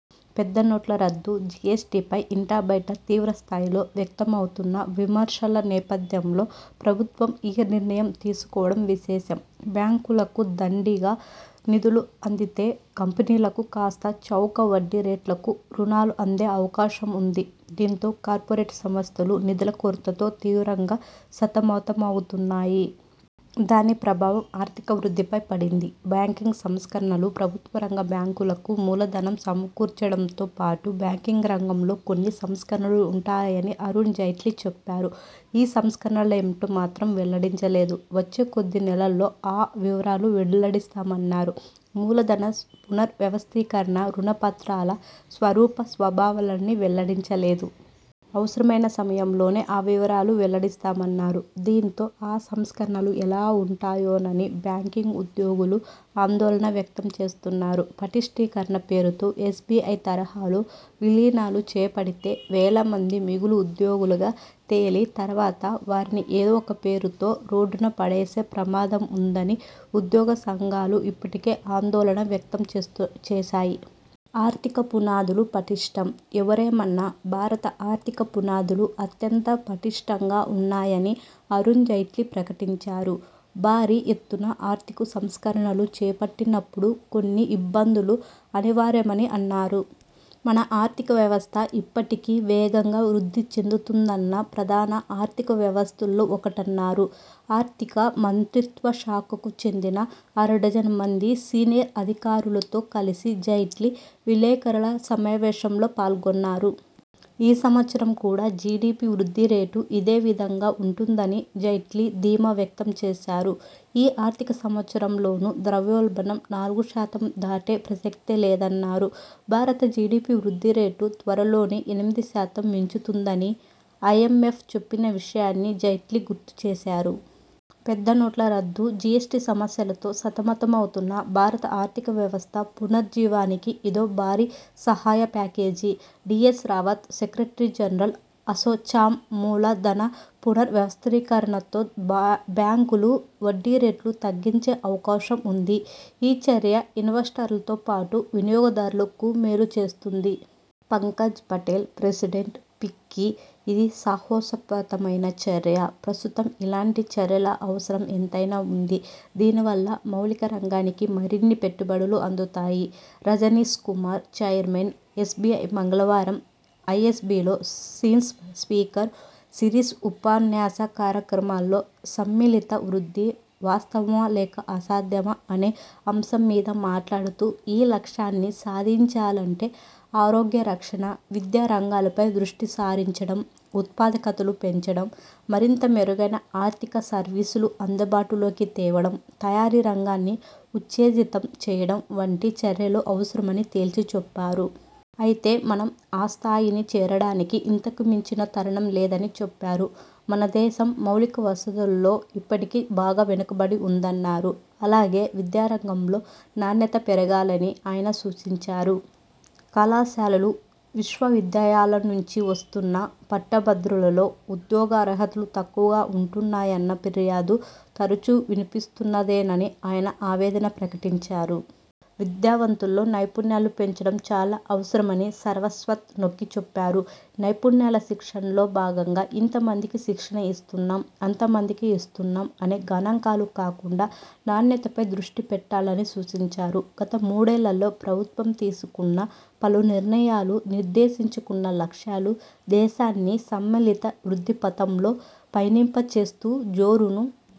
పెద్ద నోట్ల రద్దు, జిఎస్టిపై ఇంటా బయట తీవ్రస్థాయిలో వ్యక్తమవుతున్న విమర్శల నేపథ్యంలో ప్రభుత్వం ఈ నిర్ణయం తీసుకోవడం విశేషం. బ్యాంకులకు దండిగా నిధులు అందితే కంపెనీలకు కాస్తా చౌక వడ్డీ రేట్లకు రుణాలు అందే అవకాశం ఉంది. దీంతో కార్పొరేట్ సంస్థలు నిధుల కొరతతో తీవ్రంగా సతమతమవుతున్నాయి. దాని ప్రభావం ఆర్థిక వృద్ధిపై పడింది. బ్యాంకింగ్ సంస్కరణలు ప్రభుత్వ రంగ బ్యాంకులకు మూల ధనం సమకూర్చడంతో పాటు బ్యాంకింగ్ రంగంలో కొన్ని సంస్కరణలూ ఉంటాయని అరుణ్ జైట్లీ చెప్పారు. ఆ సంస్కరణలేంటో మాత్రం వెల్లడించలేదు. వచ్చే కొద్ది నెలల్లో ఆ వివరాలు వెల్లడిస్తామన్నారు. మూలధన పునర్ వ్యవస్థీకరణ రుణ పత్రాల స్వరూప స్వభావాలనీ వెల్లడించలేదు. అవసరమైన సమయంలోనే ఆ వివరాలు వెల్లడిస్తామన్నారు. దీంతో ఈ సంస్కరణలు ఎలా ఉంటాయోనని బ్యాంకింగ్ ఉద్యోగులు ఆందోళన వ్యక్తం చేస్తున్నారు. పటిష్టీకరణ పేరుతో ఎస్బిఐ తరహాలో విలీనాలు చేపడితే వేల మంది మిగులు ఉద్యోగులుగా తేలి తర్వాత వారిని ఏదో ఒక పేరుతో రోడ్డున పడేసే ప్రమాదం ఉందని ఉద్యోగ సంఘాలు ఇప్పటికే ఆందోళన వ్యక్తం చేశాయి. ఆర్థికపునాదులు పటిష్టం ఎవరేమన్నా భారత ఆర్థిక పునాదులు అత్యంత పటిష్టంగా ఉన్నాయని అరుణ్ జైట్లీ ప్రకటించారు. భారీ ఎత్తున ఆర్థిక సంస్కరణలు చేపట్టినప్పుడు కొన్ని ఇబ్బందులు అనివార్యమని అన్నారు. మన ఆర్థిక వ్యవస్థ ఇప్పటికీ వేగంగా వృద్ధి చెందుతున్న ప్రధాన ఆర్థిక వ్యవస్థల్లో ఒకటన్నారు. ఆర్థిక మంత్రిత్వ శాఖకు చెందిన అరడజను మంది సీనియర్ అధికారులతో కలిసి జైట్లీ విలేకరుల సమావేశంలో పాల్గొన్నారు. ఈ సంవత్సరం కూడా జిడిపి వృద్ధి రేటు ఇదే విధంగా ఉంటుందని జైట్లీ ధీమా వ్యక్తం చేశారు. ఈ ఆర్థిక సంవత్సరంలోనూ ద్రవ్యోల్బణం నాలుగు శాతం దాటే ప్రసక్తే లేదన్నారు. భారత జిడిపి వృద్ధి రేటు త్వరలోనే ఎనిమిది శాతం మించుతుందని ఐఎంఎఫ్ చెప్పిన విషయాన్ని జైట్లీ గుర్తు చేశారు. పెద్ద నోట్ల రద్దు, జిఎస్టి సమస్యలతో సతమతమవుతున్న భారత ఆర్థిక వ్యవస్థ పునరుజ్జీవానికి ఇదో భారీ సహాయ package. D S Rawat, secretary general, ASSOCHAM మూల ధన పునర్ వ్యవస్థీకరణతో బ్యాంకులు వడ్డీ రేట్లు తగ్గించే అవకాశం ఉంది. ఆ చర్య ఇన్వెస్టర్లతో పాటు వినియోగదారులకూ మేలు చేస్తుంది. పంకజ్ పటేల్, ప్రెసిడెంట్, ఫిక్కీ ఇది సాహసోపేతమైన చర్య. ప్రస్తుతం ఇలాంటి చర్యల అవసరం ఎంతైనా ఉంది. దీనివల్ల మౌలిక రంగానికి మరిన్ని పెట్టుబడులు అందుతాయి. రజనీష్ కుమార్, చైర్మన్, ఎస్బిఐ మంగళవారం ఐఎ్సబిలో సీన్స్ స్పీకర్ సీరిస్ ఉపన్యాస కార్యక్రమంలో ''సమ్మిళిత వృద్ధి, వాస్తవమా లేక అసాధ్యమా'' అనే అంశం మీద మాట్లాడుతూ ఈ లక్ష్యాన్ని సాధించాలంటే ఆరోగ్య రక్షణ, విద్యా రంగాలపై దృష్టి సారించడం, ఉత్పాదకతలు పెంచడం, మరింత మెరుగైన ఆర్థిక సర్వీసులు అందుబాటులోకి తేవడం, తయారీ రంగాన్ని ఉత్తేజితం చేయడం వంటి చర్యలు అవసరమని తేల్చి చెప్పారు. అయితే మనం ఆ స్థాయిని చేరడానికి ఇంతకు మించిన తరుణం లేదని చెప్పారు. మన దేశం మౌలిక వసతుల్లో ఇప్పటికీ బాగా వెనుకబడి ఉందన్నారు. అలాగే విద్యారంగంలో నాణ్యత పెరగాలని ఆయన సూచించారు. కళాశాలలు, విశ్వవిద్యాలయాల నుం చి వస్తున్న పట్టభద్రులలో ఉద్యోగార్హతలు తక్కువగా ఉంటున్నాయన్న ఫిర్యాదు తరచు వినిపిస్తున్నదేనని ఆయన ఆవేదన ప్రకటించారు. విద్యావంతుల్లో నైపుణ్యాలు పెంచడం చాలా అవసరమని సరస్వత్ నొక్కిచెప్పారు. నైపుణ్యాల శిక్షణలో భాగంగా ఇంతమందికి శిక్షణ ఇస్తున్నాం, అంతమందికి ఇస్తున్నాం అనే గణాంకాలు కాకుండా నాణ్యతపై దృష్టి పెట్టాలని సూచించారు. గత మూడేళ్లలో ప్రభుత్వం తీసుకున్న పలు నిర్ణయాలు, నిర్దేశించుకున్న లక్ష్యాలు దేశాన్ని సమ్మిళిత వృద్ధి పథంలో పయనింపచేస్తూ జోరును